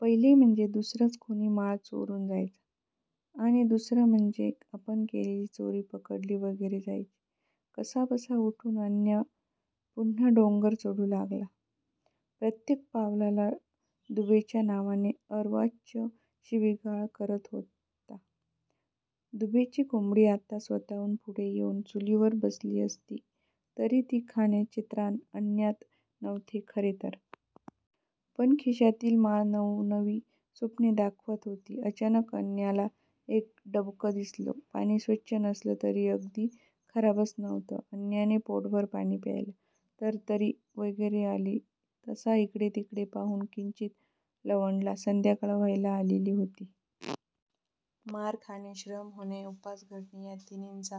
पहिले म्हणजे दुसराच कोणी माळ चोरून जायचा. आणि दुसरे म्हणजे आपण केलेली चोरी पकडली वगैरे जायची. कसाबसा उठून अन्या पुन्हा डोंगर चढू लागला. प्रत्येक पावलाला दुबेच्या नावाने अर्वाच्य शिवीगाळ करत होता. दुबेची कोंबडी आत्ता स्वतःहून पुढे येऊन चुलीवर बसली असती तरी ती खाण्याचे त्राण अन्यात नव्हते खरे तर! पण खिशातील माळ नवनवी स्वप्ने दाखवत होती. अचानक अन्याला एक डबकं दिसलं! पाणी स्वच्छ नसलं तरी अगदीच खराब नव्हतं! अन्याने पोटभर पाणी प्यायलं! तरतरी वगैरे आली तसा इकडेतिकडे पाहून किंचित लवंडला. संध्याकाळ व्हायला आलेली होती. मार खाणे, श्रम होणे, उपास घडणे या तिन्हीचा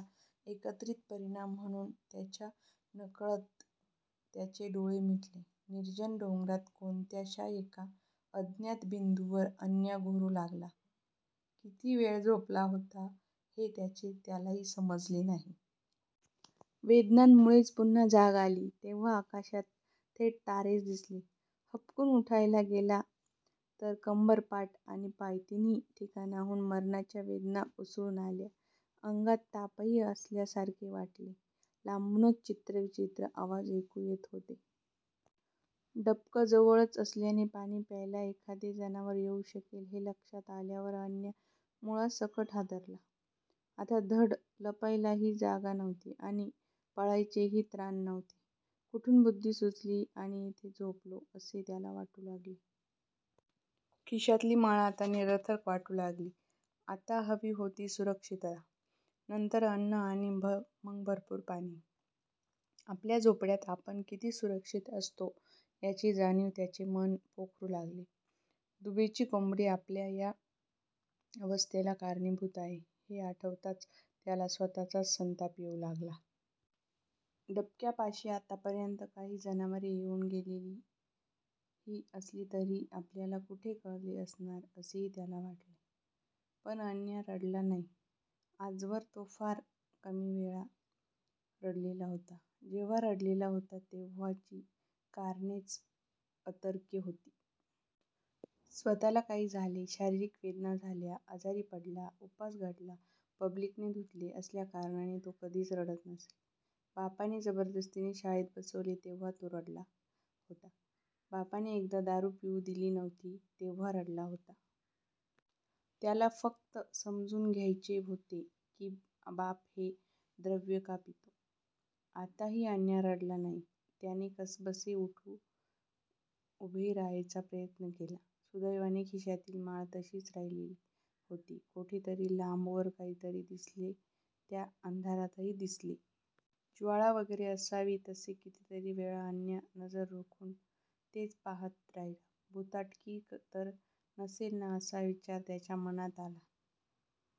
एकत्रीत परिणाम म्हणून त्याच्या नकळत त्याचे डोळे मिटले. निर्जन डोंगरात कोणत्याश्या एका अज्ञात बिंदूवर अन्या घोरू लागला. किती वेळ झोपला होता हे त्याचे त्यालाही समजले नाही. वेदनांमुळेच पुन्हा जाग आली तेव्हा आकाशात थेट तारेच दिसले. हबकून उठायला गेला तर कंबर, पाठ आणि पाय तिन्ही ठिकाणाहून मरणाच्या वेदना उसळून आल्या. अंगात तापही असल्यासारखे वाटले. लांबून चित्रविचित्र आवाज ऐकू येत होते. डबकं जवळच असल्याने पाणी प्यायला एखादे जनावर येऊ शकेल हे लक्षात आल्यावर अन्या मुळासकट हादरला. आता धड लपायलाही जागा नव्हती आणि पळायचेही त्राण नव्हते. कुठून बुद्धी सुचली आणि इथेच झोपलो असे त्याला वाटू लागले. खिशातली माळ आता निरर्थक वाटू लागली. आत्ता हवी होती सुरक्षितता, नंतर अन्न आणि मग भरपूर पाणी! आपल्या झोपड्यात आपण किती सुरक्षित असतो याची जाणीव त्याचे मन पोखरू लागली. दुबेची कोंबडी आपल्या या अवस्थेला कारणीभूत आहे हे आठवताच त्याला स्वतःचाच संताप येऊ लागला. डबक्यापाशी आत्तापर्यंत काही जनावरे येऊन गेलेलीही असली तरी आपल्याला कुठे कळले असणार असेही त्याला वाटले. पण अन्या रडला नाही. आजवर तो फार कमी वेळा रडलेला होता. जेव्हा रडलेला होता तेव्हाची कारणेच अतर्क्य होती. स्वतःला काही झाले, शारीरिक वेदना झाल्या, आजारी पडला, उपास घडला, पब्लिकने धुतले असल्या कारणांनी तो कधीच रडत नसे. बापाने जबरदस्तीने शाळेत बसवले तेव्हा तो रडला होता. बापाने एकदा दारू पिऊ दिली नव्हती तेव्हा रडला होता. त्याला फक्त समजून घ्यायचे होते की बाप हे द्रव्य का पितो. आत्ताही अन्या रडला नाही. त्याने कसेबसे उठून उभे राहायचा प्रयत्न केला. सुदैवाने खिशातील माळ तशीच राहिलेली होती. कोठेतरी लांबवर काहीतरी दिसले. त्या अंधारातही दिसले. ज्वाळा वगैरे असावी तसे! कितीतरी वेळ अन्या नजर रोखून तेच पाहात राहिला. भुताटकी तर नसेल ना असा विचार त्याच्या मनात आला.